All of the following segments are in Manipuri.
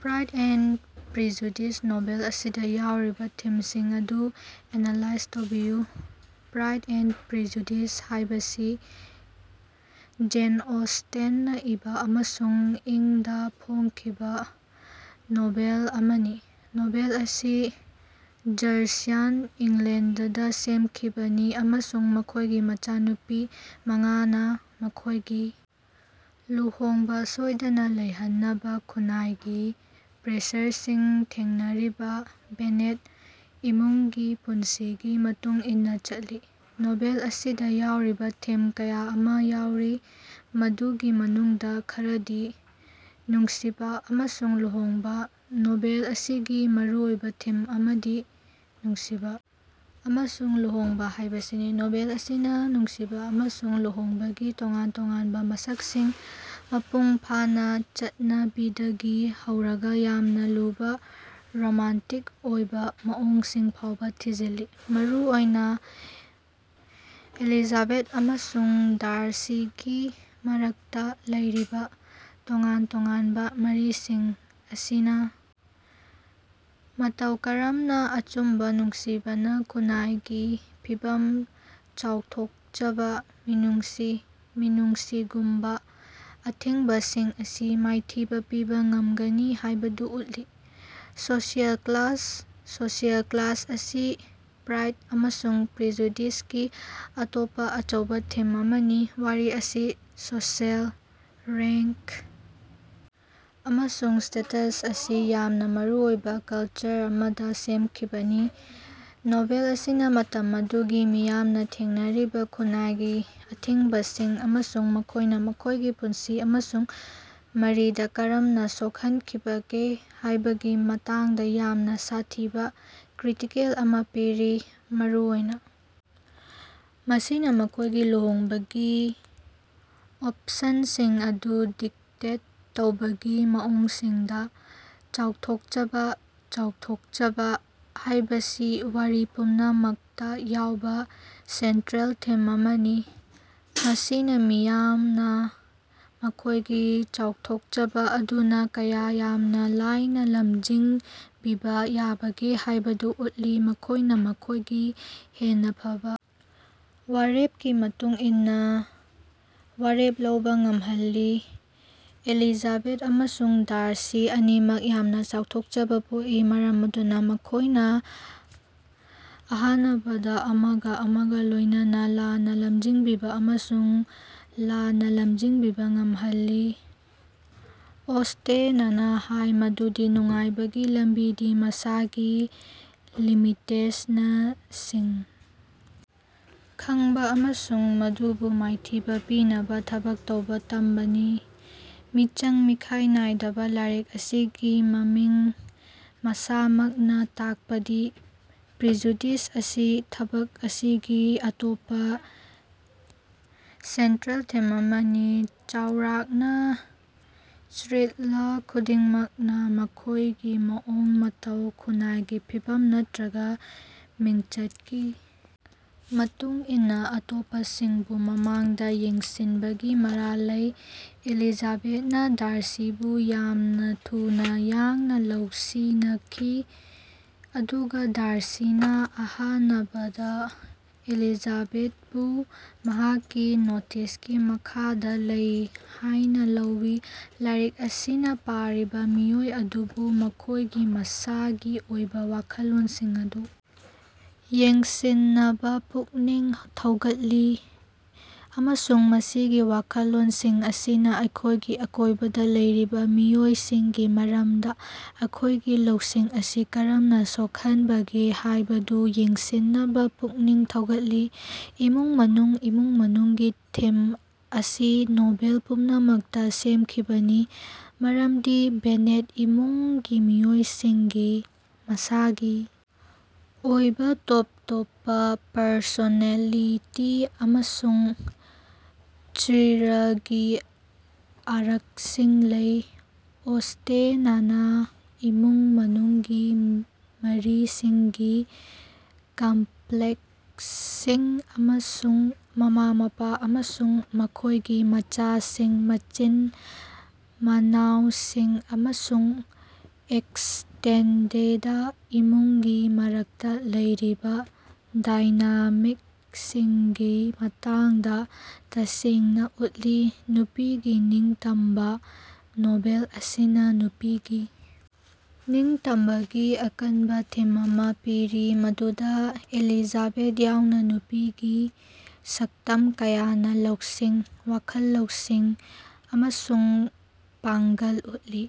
ꯄ꯭ꯔꯥꯏꯗ ꯑꯦꯟꯗ ꯄ꯭ꯔꯤꯖꯨꯗꯤꯁ ꯅꯣꯚꯦꯜ ꯑꯁꯤꯗ ꯌꯥꯎꯔꯤꯕ ꯊꯤꯝꯁꯤꯡ ꯑꯗꯨ ꯑꯦꯅꯥꯂꯥꯏꯖ ꯇꯧꯕꯤꯌꯨ꯫ ꯄ꯭ꯔꯥꯏꯗ ꯑꯦꯟꯗ ꯄ꯭ꯔꯤꯖꯨꯗꯤꯁ ꯍꯥꯏꯕꯁꯤ ꯖꯦꯟ ꯑꯣꯁ꯭ꯇꯦꯟꯅ ꯏꯕꯥ ꯑꯃꯁꯨꯡ ꯏꯪ ꯗꯥ ꯐꯣꯡꯈꯤꯕ ꯅꯣꯚꯦꯜ ꯑꯃꯅꯤ, ꯅꯣꯚꯦꯜ ꯑꯁꯤ ꯖꯔꯖꯤꯌꯥꯟ ꯏꯪꯂꯦꯟꯗꯗ ꯁꯦꯝꯈꯤꯕꯅꯤ ꯑꯃꯁꯨꯡ ꯃꯈꯣꯏꯒꯤ ꯃꯆꯥꯅꯨꯄꯤ ꯃꯉꯥꯅ ꯃꯈꯣꯏꯒꯤ ꯂꯨꯍꯣꯡꯕ ꯁꯣꯏꯗꯅ ꯂꯩꯍꯟꯅꯕ ꯈꯨꯟꯅꯥꯏꯒꯤ ꯄ꯭ꯔꯦꯁꯔꯁꯤꯡ ꯊꯦꯡꯅꯔꯤꯕ ꯕꯦꯅꯦꯠ ꯏꯃꯨꯡꯒꯤ ꯄꯨꯟꯁꯤꯒꯤ ꯃꯇꯨꯡ ꯏꯟꯅ ꯆꯠꯂꯤ꯫ ꯅꯣꯚꯦꯜ ꯑꯁꯤꯗ ꯌꯥꯎꯔꯤꯕ ꯊꯤꯝ ꯀꯌꯥ ꯑꯃ ꯌꯥꯎꯔꯤ, ꯃꯗꯨꯒꯤ ꯃꯅꯨꯡꯗ ꯈꯔꯗꯤ: ꯅꯨꯡꯁꯤꯕ ꯑꯃꯁꯨꯡ ꯂꯨꯍꯣꯡꯕ – ꯅꯣꯚꯦꯜ ꯑꯁꯤꯒꯤ ꯃꯔꯨ ꯑꯣꯏꯕ ꯊꯤꯝ ꯑꯃꯗꯤ ꯅꯨꯡꯁꯤꯕ ꯑꯃꯁꯨꯡ ꯂꯨꯍꯣꯡꯕ ꯍꯥꯏꯕꯁꯤꯅꯤ꯫ ꯅꯣꯚꯦꯜ ꯑꯁꯤꯅ ꯅꯨꯡꯁꯤꯕ ꯑꯃꯁꯨꯡ ꯂꯨꯍꯣꯡꯕꯒꯤ ꯇꯣꯉꯥꯟ ꯇꯣꯉꯥꯟꯕ ꯃꯁꯛꯁꯤꯡ, ꯃꯄꯨꯡ ꯐꯥꯅ ꯆꯠꯅꯕꯤꯗꯒꯤ ꯍꯧꯔꯒ ꯌꯥꯝꯅ ꯂꯨꯕ ꯔꯣꯃꯥꯟꯇꯤꯛ ꯑꯣꯏꯕ ꯃꯑꯣꯡꯁꯤꯡ ꯐꯥꯎꯕ ꯊꯤꯖꯤꯜꯂꯤ꯫ ꯃꯔꯨ ꯑꯣꯏꯅ ꯑꯦꯂꯤꯖꯥꯕꯦꯊ ꯑꯃꯁꯨꯡ ꯗꯥꯔꯁꯤꯒꯤ ꯃꯔꯛꯇ ꯂꯩꯔꯤꯕ ꯇꯣꯉꯥꯟ ꯇꯣꯉꯥꯟꯕ ꯃꯔꯤꯁꯤꯡ ꯑꯁꯤꯅ ꯃꯇꯧ ꯀꯔꯝꯅ ꯑꯆꯨꯝꯕ ꯅꯨꯡꯁꯤꯕꯅ ꯈꯨꯟꯅꯥꯏꯒꯤ ꯐꯤꯚꯝ, ꯆꯥꯎꯊꯣꯛꯆꯕ, ꯃꯤꯅꯨꯡꯁꯤ, ꯃꯤꯅꯨꯡꯁꯤꯒꯨꯝꯕ ꯑꯊꯤꯡꯕꯁꯤꯡ ꯑꯁꯤ ꯃꯥꯏꯊꯤꯕꯥ ꯄꯤꯕ ꯉꯝꯒꯅꯤ ꯍꯥꯏꯕꯗꯨ ꯎꯠꯂꯤ꯫ ꯁꯣꯁꯤꯑꯦꯜ ꯀ꯭ꯂꯥꯁ – ꯁꯣꯁꯤꯑꯦꯜ ꯀ꯭ꯂꯥꯁ ꯑꯁꯤ ꯄ꯭ꯔꯥꯏꯗ ꯑꯃꯁꯨꯡ ꯄ꯭ꯔꯤꯖꯨꯗꯤꯁꯀꯤ ꯑꯇꯣꯞꯄ ꯑꯆꯧꯕ ꯊꯤꯝ ꯑꯃꯅꯤ꯫ ꯋꯥꯔꯤ ꯑꯁꯤ ꯁꯣꯁꯤꯑꯦꯜ ꯔꯦꯉꯛ ꯑꯃꯁꯨꯡ ꯁ꯭ꯇꯦꯇꯁ ꯑꯁꯤ ꯌꯥꯝꯅ ꯃꯔꯨꯑꯣꯏꯕ ꯀꯜꯆꯔ ꯑꯃꯗ ꯁꯦꯝꯈꯤꯕꯅꯤ꯫ ꯅꯣꯚꯦꯜ ꯑꯁꯤꯅ ꯃꯇꯝ ꯑꯗꯨꯒꯤ ꯃꯤꯌꯥꯝꯅ ꯊꯦꯡꯅꯔꯤꯕ ꯈꯨꯟꯅꯥꯏꯒꯤ ꯑꯊꯤꯡꯕꯁꯤꯡ ꯑꯃꯁꯨꯡ ꯃꯈꯣꯏꯅ ꯃꯈꯣꯏꯒꯤ ꯄꯨꯟꯁꯤ ꯑꯃꯁꯨꯡ ꯃꯔꯤꯗ ꯀꯔꯝꯅ ꯁꯣꯛꯍꯟꯈꯤꯕꯒꯦ ꯍꯥꯏꯕꯒꯤ ꯃꯇꯥꯡꯗ ꯌꯥꯝꯅ ꯁꯥꯊꯤꯕ ꯀ꯭ꯔꯤꯇꯤꯀꯦꯜ ꯑꯃ ꯄꯤꯔꯤ, ꯃꯔꯨ ꯑꯣꯏꯅ ꯃꯁꯤꯅ ꯃꯈꯣꯏꯒꯤ ꯂꯨꯍꯣꯡꯕꯒꯤ ꯑꯣꯄꯁꯟꯁꯤꯡ ꯑꯗꯨ ꯗꯤꯛꯇꯦꯠ ꯇꯧꯕꯒꯤ ꯃꯑꯣꯡꯁꯤꯡꯗ꯫ ꯆꯥꯎꯊꯣꯛꯆꯕ ꯆꯥꯎꯊꯣꯛꯆꯕ ꯍꯥꯏꯕꯁꯤ ꯋꯥꯔꯤ ꯄꯨꯝꯅꯃꯛꯇ ꯌꯥꯎꯕ ꯁꯦꯟꯇꯔꯦꯜ ꯊꯤꯝ ꯑꯃꯅꯤ꯫ ꯃꯁꯤꯅ ꯃꯤꯌꯥꯝꯅ ꯃꯈꯣꯏꯒꯤ ꯆꯥꯎꯊꯣꯛꯆꯕ ꯑꯗꯨꯅ ꯀꯌꯥ ꯌꯥꯝꯅ ꯂꯥꯏꯅ ꯂꯝꯖꯤꯡꯕꯤꯕ ꯌꯥꯕꯒꯦ ꯍꯥꯏꯕꯗꯨ ꯎꯠꯂꯤ, ꯃꯈꯣꯏꯅ ꯃꯈꯣꯏꯒꯤ ꯍꯦꯟꯅ ꯐꯕꯥ ꯋꯥꯔꯦꯄꯀꯤ ꯃꯇꯨꯡ ꯏꯟꯅꯥ ꯋꯥꯔꯦꯞ ꯂꯧꯕꯥ ꯉꯝꯍꯜꯂꯤ꯫ ꯑꯦꯂꯤꯖꯥꯕꯦꯊ ꯑꯃꯁꯨꯡ ꯗꯥꯔꯁꯤ ꯑꯅꯤꯃꯛ ꯌꯥꯝꯅ ꯆꯥꯎꯊꯣꯛꯆꯕ ꯄꯣꯛꯏ, ꯃꯔꯝ ꯑꯗꯨꯅ ꯃꯈꯣꯏꯅ ꯑꯍꯥꯅꯕꯗ ꯑꯃꯒ ꯑꯃꯒ ꯂꯣꯏꯅꯅ ꯂꯥꯟꯅ ꯂꯝꯖꯤꯡꯕꯤꯕ ꯑꯃꯁꯨꯡ ꯂꯥꯟꯅ ꯂꯝꯖꯤꯡꯕꯤꯕ ꯉꯝꯍꯜꯂꯤ꯫ ꯑꯣꯁ꯭ꯇꯦꯅꯅ ꯍꯥꯏ ꯃꯗꯨꯗꯤ ꯅꯨꯡꯉꯥꯏꯕꯒꯤ ꯂꯝꯕꯤꯗꯤ ꯃꯁꯥꯒꯤ ꯂꯤꯃꯤꯇꯦꯁꯅꯁꯤꯡ ꯈꯉꯕꯥ ꯑꯃꯁꯨꯡ ꯃꯗꯨꯕꯨ ꯃꯥꯏꯊꯤꯕꯥ ꯄꯤꯅꯕꯥ ꯊꯕꯛ ꯇꯧꯕꯥ ꯇꯝꯕꯅꯤ꯫ ꯃꯤꯆꯪ-ꯃꯤꯈꯥꯏ ꯅꯥꯏꯗꯕ ꯂꯥꯏꯔꯤꯛ ꯑꯁꯤꯒꯤ ꯃꯃꯤꯡ ꯃꯁꯥꯃꯛꯅꯥ ꯇꯥꯛꯄꯗꯤ ꯄ꯭ꯔꯤꯖꯨꯗꯤꯁ ꯑꯁꯤ ꯊꯕꯛ ꯑꯁꯤꯒꯤ ꯑꯇꯣꯞꯄꯥ ꯁꯦꯟꯠꯔꯦꯜ ꯊꯤꯝ ꯑꯃꯅꯤ꯫ ꯆꯥꯎꯔꯥꯛꯅ ꯆꯔꯤꯠꯔ ꯈꯨꯗꯤꯡꯃꯛꯅ ꯃꯈꯣꯏꯒꯤ ꯃꯑꯣꯡ ꯃꯇꯧ, ꯈꯨꯟꯅꯥꯏꯒꯤ ꯐꯤꯚꯝ ꯅꯠꯇꯔꯒꯥ ꯃꯤꯡꯆꯠꯀꯤ ꯃꯇꯨꯡ ꯏꯟꯅꯥ ꯑꯇꯣꯞꯄꯁꯤꯡꯕꯨ ꯃꯃꯥꯡꯗꯥ ꯌꯦꯡꯁꯤꯟꯕꯒꯤ ꯃꯔꯥꯜ ꯂꯩ꯫ ꯑꯦꯂꯤꯖꯥꯕꯦꯊꯅꯥ ꯗꯥꯔꯁꯤꯕꯨ ꯌꯥꯝꯅꯥ ꯊꯨꯅꯥ ꯌꯥꯡꯅ ꯂꯧꯁꯤꯅꯈꯤ, ꯑꯗꯨꯒꯥ ꯗꯥꯔꯁꯤꯅꯥ ꯑꯍꯥꯅꯕꯗꯥ ꯑꯦꯂꯤꯖꯥꯕꯦꯊꯕꯨ ꯃꯍꯥꯛꯀꯤ ꯅꯣꯇꯤꯁꯀꯤ ꯃꯈꯥꯗꯥ ꯂꯩ ꯍꯥꯌꯅꯥ ꯂꯧꯏ꯫ ꯂꯥꯏꯔꯤꯛ ꯑꯁꯤꯅꯥ ꯄꯥꯔꯤꯕꯥ ꯃꯤꯑꯣꯏ ꯑꯗꯨꯕꯨ ꯃꯈꯣꯌꯒꯤ ꯃꯁꯥꯒꯤ ꯑꯣꯏꯕ ꯋꯥꯈꯜꯂꯣꯟꯁꯤꯡ ꯑꯗꯨ ꯌꯦꯡꯁꯤꯟꯅꯕꯥ ꯄꯨꯛꯅꯤꯡ ꯊꯧꯒꯠꯂꯤ, ꯑꯃꯁꯨꯡ ꯃꯁꯤꯒꯤ ꯋꯥꯈꯜꯂꯣꯟꯁꯤꯡ ꯑꯁꯤꯅꯥ ꯑꯩꯈꯣꯏꯒꯤ ꯑꯀꯣꯏꯕꯗ ꯂꯩꯔꯤꯕꯥ ꯃꯤꯑꯣꯏꯁꯤꯡꯒꯤ ꯃꯔꯝꯗ ꯑꯩꯈꯣꯏꯒꯤ ꯂꯧꯁꯤꯡ ꯑꯁꯤ ꯀꯔꯝꯅ ꯁꯣꯛꯍꯟꯕꯒꯦ ꯍꯥꯌꯕꯗꯨ ꯌꯦꯡꯁꯤꯟꯅꯕꯥ ꯄꯨꯛꯅꯤꯡ ꯊꯧꯒꯠꯂꯤ꯫ ꯏꯃꯨꯡ-ꯃꯅꯨꯡ ꯏꯃꯨꯡ-ꯃꯅꯨꯡꯒꯤ ꯊꯤꯝ ꯑꯁꯤ ꯅꯣꯚꯦꯜ ꯄꯨꯝꯅꯃꯛꯇꯥ ꯁꯦꯝꯈꯤꯕꯅꯤ, ꯃꯔꯝꯗꯤ ꯕꯦꯅꯦꯠ ꯏꯃꯨꯡꯒꯤ ꯃꯤꯑꯣꯏꯁꯤꯡꯒꯤ ꯃꯁꯥꯒꯤ ꯑꯣꯏꯕꯥ ꯇꯣꯞ ꯇꯣꯞꯄꯥ ꯄꯔꯁꯣꯅꯦꯂꯤꯇꯤ ꯑꯃꯁꯨꯡ ꯆꯔꯤꯠꯔꯒꯤ ꯑꯥꯔꯛꯁꯤꯡ ꯂꯩ꯫ ꯑꯣꯁ꯭ꯇꯦꯅꯅꯥ ꯏꯃꯨꯡ ꯃꯅꯨꯡꯒꯤ ꯃꯔꯤꯁꯤꯡꯒꯤ ꯀꯝꯄ꯭ꯂꯦꯛꯁꯁꯤꯡ ꯑꯃꯁꯨꯡ ꯃꯃꯥ-ꯃꯄꯥ ꯑꯃꯁꯨꯡ ꯃꯈꯣꯏꯒꯤ ꯃꯆꯥꯁꯤꯡ, ꯃꯆꯤꯟ-ꯃꯅꯥꯑꯣꯁꯤꯡ ꯑꯃꯁꯨꯡ ꯑꯦꯛꯁꯇꯦꯟꯗꯦꯗ ꯏꯃꯨꯡꯒꯤ ꯃꯔꯛꯇꯥ ꯂꯩꯔꯤꯕꯥ ꯗꯥꯏꯅꯥꯃꯤꯛꯁꯤꯡꯒꯤ ꯃꯇꯥꯡꯗꯥ ꯇꯁꯦꯡꯅꯥ ꯎꯠꯂꯤ꯫ ꯅꯨꯄꯤꯒꯤ ꯅꯤꯡꯇꯝꯕꯥ ꯅꯣꯚꯦꯜ ꯑꯁꯤꯅꯥ ꯅꯨꯄꯤꯒꯤ ꯅꯤꯡꯇꯝꯕꯒꯤ ꯑꯀꯟꯕꯥ ꯊꯤꯝ ꯑꯃꯥ ꯄꯤꯔꯤ, ꯃꯗꯨꯗꯥ ꯑꯦꯂꯤꯖꯥꯕꯦꯊ ꯌꯥꯎꯅ ꯅꯨꯄꯤꯒꯤ ꯁꯛꯇꯝ ꯀꯌꯥꯅꯥ ꯂꯧꯁꯤꯡ, ꯋꯥꯈꯜ ꯂꯧꯁꯤꯡ ꯑꯃꯁꯨꯡ ꯄꯥꯉ꯭ꯒꯜ ꯎꯠꯂꯤ꯫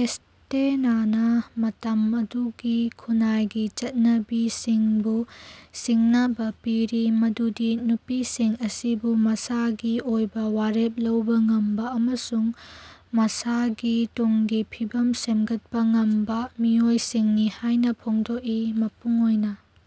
ꯑꯣꯁ꯭ꯇꯦꯅꯅꯥ ꯃꯇꯝ ꯑꯗꯨꯒꯤ ꯈꯨꯟꯅꯥꯏꯒꯤ ꯆꯠꯅꯕꯤꯁꯤꯡꯕꯨ ꯁꯤꯡꯅꯕ ꯄꯤꯔꯤ ꯃꯗꯨꯗꯤ ꯅꯨꯄꯤꯁꯤꯡ ꯑꯁꯤꯕꯨ ꯃꯁꯥꯒꯤ ꯑꯣꯏꯕꯥ ꯋꯥꯔꯦꯞ ꯂꯧꯕꯥ ꯉꯝꯕꯥ ꯑꯃꯁꯨꯡ ꯃꯁꯥꯒꯤ ꯇꯨꯡꯒꯤ ꯐꯤꯕꯝ ꯁꯦꯝꯒꯠꯄ ꯉꯝꯕ ꯃꯤꯑꯣꯏꯁꯤꯡꯅꯤ ꯍꯥꯏꯅ ꯐꯣꯡꯗꯣꯛꯏ꯫ ꯃꯄꯨꯡ ꯑꯣꯏꯕ।